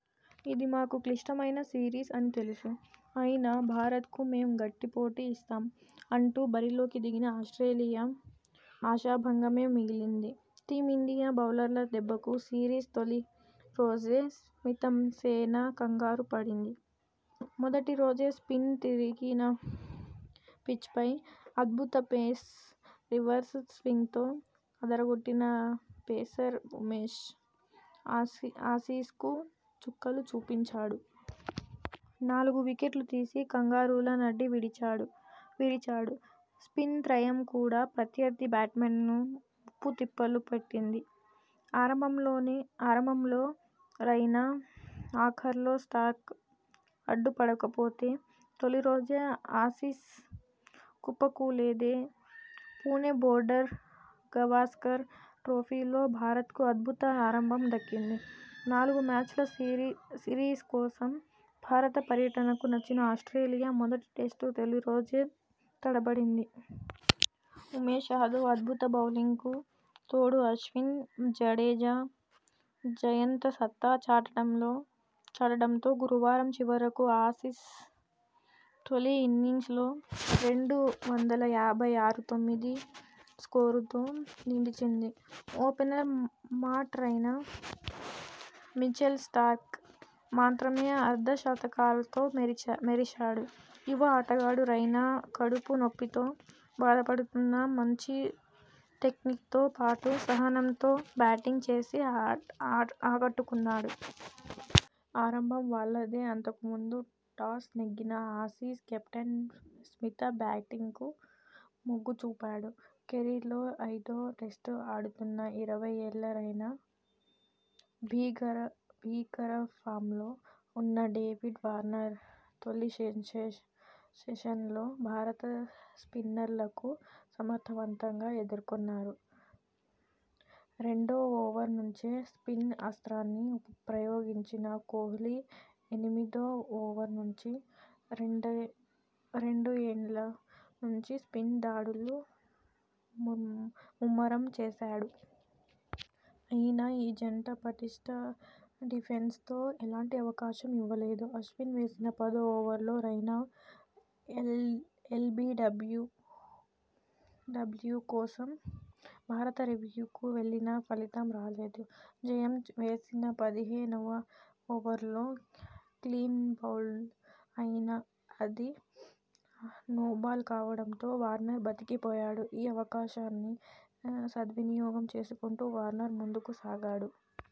ఇది మాకు క్లిష్టమైన సిరీస్ అని తెలుసు. అయినా భారత్ కు మేం గట్టి పోటీ ఇస్తాం అంటూ బరిలోకి దిగిన ఆస్ట్రేలియా ఆశాభంగమే మిగిలింది టీమిండియా బౌలర్ల దెబ్బకు సిరీస్ తొలి రోజే స్మితంసేన కంగారు పడింది. మొదటి రోజే స్పిన్ తిరిగిన పిచ్పై అద్భుత పేస్, రివర్స్ స్వింగ్తో అదరగొట్టిన పేసర్ ఉమేష్ ఆసీస్కు చుక్కలు చూపించాడు..! నాలుగు వికెట్లు తీసి కంగారూల నడ్డి విడిచాడు విరిచాడు. స్పిన్ త్రయం కూడా ప్రత్యర్థి బ్యాట్స్మెన్ను ముప్పు తిప్పలు పెట్టింది. ఆరంభంలోనే ఆరంభంలో రైనా ఆఖర్లో స్టార్క్ అడ్డు పడకపోతే తొలిరోజే ఆసీస్ కుప్పకూలేదే పుణె బోర్డర్ గవాస్కర్ ట్రోఫీలో భారత్కు అద్భుత ఆరంభం దక్కింది. నాలుగు మ్యాచ్ల సిరీస్ కోసం భారత పర్యటనకు నచ్చిన ఆస్ట్రేలియా మొదటి టెస్టు తొలి రోజే తడబడింది. ఉమేష్ యాదవ్ అద్భుత బౌలింగ్కు తోడు అశ్విన్, జడేజా, జయంత సత్తా చాటడంలో చాటడంతో గురువారం చివరకు ఆసీస్ తొలి ఇన్నింగ్స్లో రెండు వందల యాభై ఆరు తొమ్మిది స్కోరుతో నిలిచింది. Opener Matt Raina, Mitchell Starc మాత్రమే అర్ధ శతకాలతో మెరిశారు. యువ ఆటగాడు రైనా కడుపు నొప్పితో బాధపడుతున్నా మంచి టెక్నిక్తో పాటు సహనంతో బ్యాటింగ్ చేసి ఆకట్టుకున్నాడు. ఆరంభం వాళ్లదే అంతకుముందు టాస్ నెగ్గిన ఆసీస్ కెప్టెన్ స్మిత బ్యాటింగ్కు మొగ్గు చూపాడు. కెరీర్లో ఐదో టెస్టు ఆడుతున్న ఇరవై ఏళ్ల రైనా, భీకర భీకర ఫామ్లో ఉన్న డేవిడ్ వార్నర్ తొలి సెషన్లో భారత స్పిన్నర్లకు సమర్థవంతంగా ఎదుర్కొన్నారు. రెండో ఓవర్ నుంచే స్పిన్ అస్త్రాన్ని ప్రయోగించిన కోహ్లీ ఎనిమిదో ఓవర్ నుంచి రెండు ఎండ్ల నుంచి స్పిన్ దాడులు ముమ్మరం చేశాడు. అయినా ఈ జంట పటిష్ట డిఫెన్స్తో ఎలాంటి అవకాశం ఇవ్వలేదు. అశ్విన్ వేసిన పదో ఓవర్లో రైనా ఎల్బీడబ్ల్యూ కోసం భారత రివ్యూకు వెళ్లినా ఫలితం రాలేదు. జయంత వేసిన పదిహేనువ ఓవర్లో క్లీన్బౌల్డ్ అయినా అది నోబాల్ కావడంతో వార్నర్ బతికిపోయాడు. ఈ అవకాశాన్ని సద్వినియోగం చేసుకుంటూ వార్నర్ ముందుకు సాగాడు.